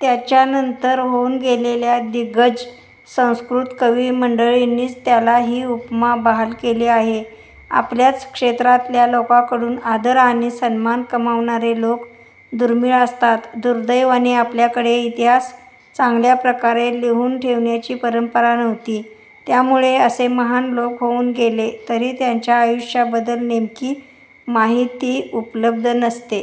त्याच्यानंतर होऊन गेलेल्या दिग्गज संस्कृत कवी मंडळींनीच त्याला हि उपमा बहाल केली आहे. आपल्याच क्षेत्रातल्या लोकांकडून आदर आणि सन्मान कमावणारे लोक दुर्मिळ असतात. दुर्दैवाने आपल्याकडे इतिहास चांगल्याप्रकारे लिहून ठेवण्याची परंपरा नव्हती. त्यामुळे असे महान लोक होऊन गेले तरी त्यांच्या आयुष्याबद्दल नेमकी माहिती उपलब्ध नसते.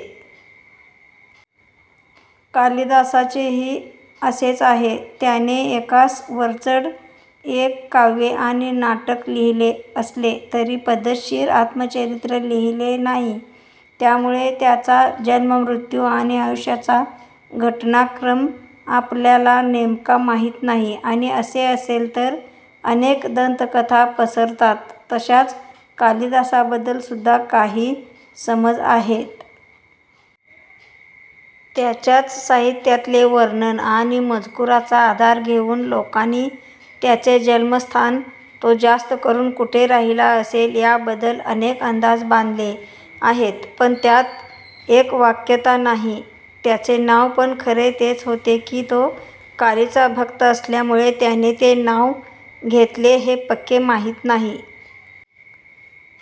कालिदासाचेही असेच आहे. त्याने एकास वरचढ एक काव्ये आणि नाटक लिहिले असले तरी पद्धतशीर आत्मचरित्र लिहिले नाही. त्यामुळे त्याचा जन्म मृत्यू आणि आयुष्याचा घटनाक्रम आपल्याला नेमका माहित नाही आणि असे असेल तर अनेक दंतकथा पसरतात तशाच कालिदासाबद्दल सुद्धा काही समज आहेत. त्याच्याच साहित्यातले वर्णन आणि मजकुराचा आधार घेऊन लोकांनी त्याचे जन्मस्थान, तो जास्त करून कुठे राहिला असेल याबद्दल अनेक अंदाज बांधले आहेत पण त्यात एकवाक्यता नाही. त्याचे नाव पण खरे तेच होते कि तो कालीचा भक्त असल्यामुळे त्याने ते नाव घेतले हे पक्के माहित नाही.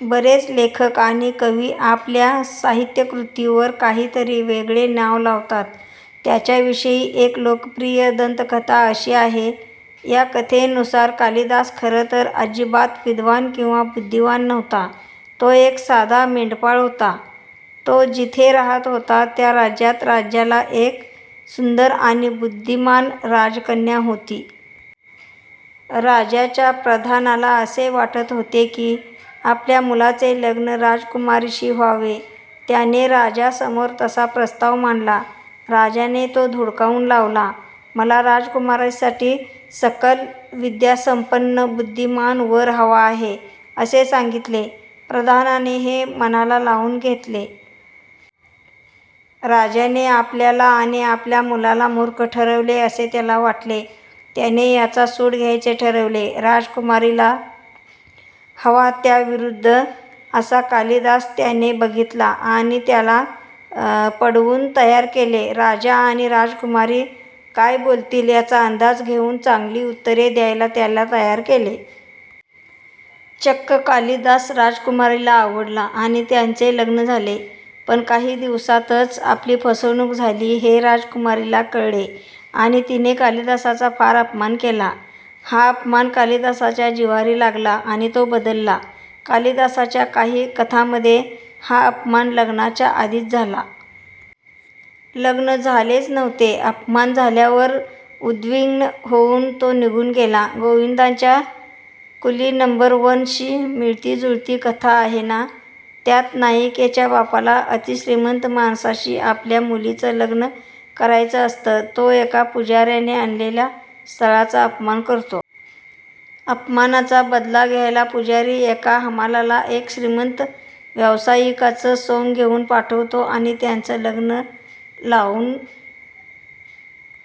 बरेच लेखक आणि कवी आपल्या साहित्यकृतींवर काहीतरी वेगळे नाव लावतात. त्याच्याविषयी एक लोकप्रिय दंतकथा अशी आहे. या कथेनुसार कालिदास खरं तर अजिबात विद्वान किंवा बुद्धिमान नव्हता. तो एक साधा मेंढपाळ होता. तो जिथे राहत होता त्या राज्यात राजाला एक सुंदर आणि बुद्धिमान राजकन्या होती. राजाच्या प्रधानाला असे वाटत होते कि आपल्या मुलाचे लग्न राजकुमारीशी व्हावे. त्याने राजासमोर तसा प्रस्ताव मांडला. राजाने तो धुडकावुन लावला. मला राजकुमारीसाठी सकल विद्यासंपन्न बुद्धिमान वर हवा आहे असे सांगितले. प्रधानाने हे मनाला लावुन घेतले. राजाने आपल्याला आणि आपल्या मुलाला मूर्ख ठरवले असे त्याला वाटले. त्याने याचा सूड घ्यायचे ठरवले. राजकुमारिला हवा त्याविरुद्ध असा कालिदास त्याने बघितला आणि त्याला पढवुन तयार केले. राजा आणि राजकुमारी काय बोलतील याचा अंदाज घेऊन चांगली उत्तरे द्यायला त्याला तयार केले. चक्क कालिदास राजकुमारिला आवडला आणि त्यांचे लग्न झाले. पण काही दिवसातच आपली फसवणुक झाली हे राजकुमारीला कळले आणि तिने कालिदासाचा फार अपमान केला. हा अपमान कालिदासाच्या जिव्हारी लागला आणि तो बदलला. कालिदासाच्या काही कथांमध्ये हा अपमान लग्नाच्या आधीच झाला. लग्न झालेच नव्हते. अपमान झाल्यावर उद्विग्न होऊन तो निघुन गेला. गोविंदाच्या कुली नंबर वन शी मिळतीजुळती कथा आहे ना? त्यात नायिकेच्या बापाला अतिश्रीमंत माणसाशी आपल्या मुलीचं लग्न करायचं असतं. तो एका पुजाऱ्याने आणलेल्या स्थळाचा अपमान करतो. अपमानाचा बदला घ्यायला पुजारी एका हमालाला एक श्रीमंत व्यावसायिकाचं सोंग घेऊन पाठवतो आणि त्यांचं लग्न लावुन